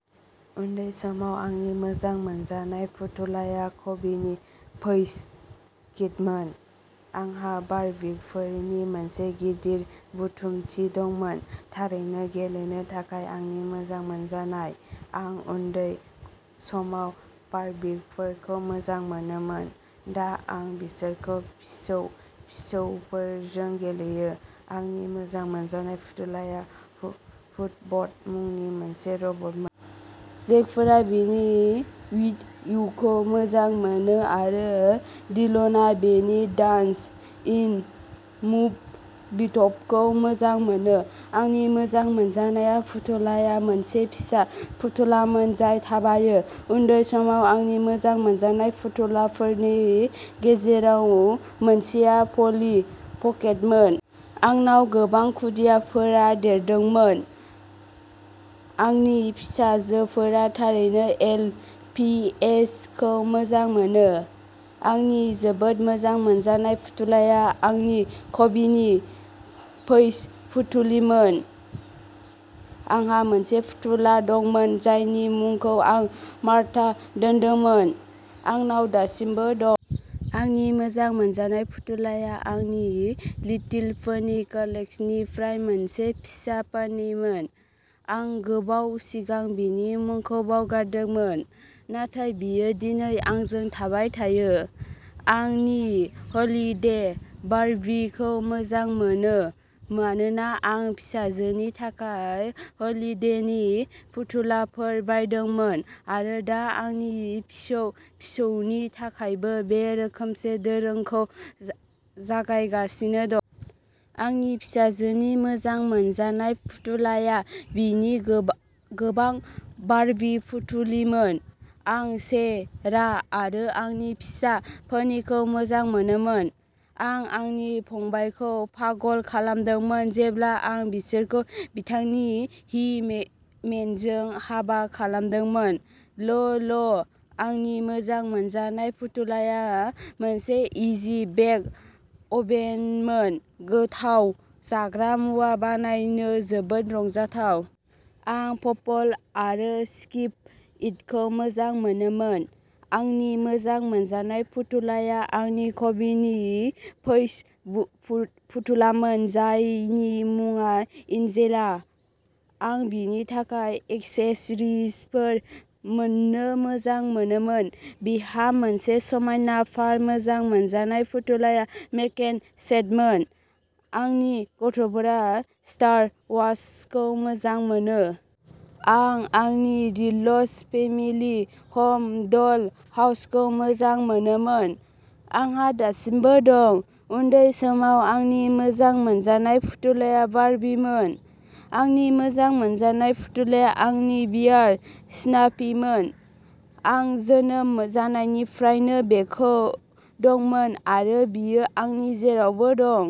उन्दै समाव आंनि मोजां मोनजानाय फुथुलाआ कबिनि पैच किडमोन। आंहा बार्बिफोरनि मोनसे गिदिर बुथुमथि दंमोन, थारैनो गेलेनो थाखाय आंनि मोजां मोनजानाय! आं उन्दै समाव बार्बिफोरखौ मोजां मोनोमोन! दा आं बिसोरखौ फिसौ-फिसौफोरजों गेलेयो! आंनि मोजां मोनजानाय फुथुलाआ हु हुटबट मुंनि मोनसे रबटमोन! जेकफोरा बिनि उइ इउखौ मोजां मोनो आरो डिलनआ बिनि डान्स एन्ड मुभ बिटब'खौ मोजां मोनो। आंनि मोजां मोनजानाय फुथुलाया मोनसे फिसा फुथुलामोन जाय थाबायो! उन्दै समाव आंनि मोजां मोनजानाय फुथुलाफोरनि गेजेराव मोनसेआ पलि पकेटमोन। आंनाव गोबां खुदियाफोरा देरदोंमोन। आंनि फिसाजोफोरा थारैनो एल. पि. एस. खौ मोजां मोनो। आंनि जोबोद मोजां मोनजानाय फुथुलाया आंनि कबिनि पैच फुथुलिमोन। आंहा मोनसे फुथुला दंमोन जायनि मुंखौ आं मार्था दोन्दोंमोन। आंनाव दासिमबो दं। आंनि मोजां मोनजानाय फुथुलाया आंनि लिटिल पनि कालेक्सननिफ्राय मोनसे फिसा पनिमोन। आं गोबाव सिगां बिनि मुंखौ बावगारदोंमोन, नाथाय बियो दिनै आंजों थाबाय थायो। आं नि हलिदे बार्बीखौ मोजां मोनो मानोना आं फिसाजोनि थाखाय हलिदेनि फुथुलाफोर बायदोंमोन आरो दा आंनि फिसौ फिसौनि थाखायबो बे रोखोमसे दोरोंखौ जागायगासिनो दं। आंनि फिसाजोनि मोजां मोनजानाय फुथुलाया बिनि गोबा गोबां बार्बी फुथुलिमोन। आं शे-रा आरो आंनि फिसा पनिखौ मोजां मोनोमोन! आं आंनि फंबायखौ पागल खालामदोंमोन जेब्ला आं बिसोरखौ बिथांनि ही-मे मेनजों हाबा खालामदोंमोन। ल'ल! आंनि मोजां मोनजानाय फुथुलाया मोनसे इजि-बेक अभेनमोन-गोथाव जाग्रा मुवा बानायनो जोबोद रंजाथाव! आं पपल आरो स्किप-इटखौ मोजां मोनोमोन! आंनि मोजां मोनजानाय फुथुलाया आंनि कबिनि पैच पु फुथुलामोन जायनि मुङा एन्जेला। आं बिनि थाखाय एक्सेसरिजफोर मोन्नो मोजां मोनोमोन, बिहा मोनसे समायना फार मोजां मोनजानाय फुथुलाया मेकेन'सेटमोन। आंनि गथ'फोरा स्टार वार्सखौ मोजां मोनो। आं आंनि लिटलस फेमिलि ह'म ड'ल-हाउसखौ मोजां मोनोमोन! आंहा दासिमबो दं! उन्दै समाव आंनि मोजां मोनजानाय फुथुलाया बार्बीमोन। आंनि मोजां मोनजानाय फुथुलाया आंनि बियार स्नाफीमोन। आं जोनोम जानायनिफ्रायनो बेखौ दंमोन, आरो बियो आंनि जेरावबो दं।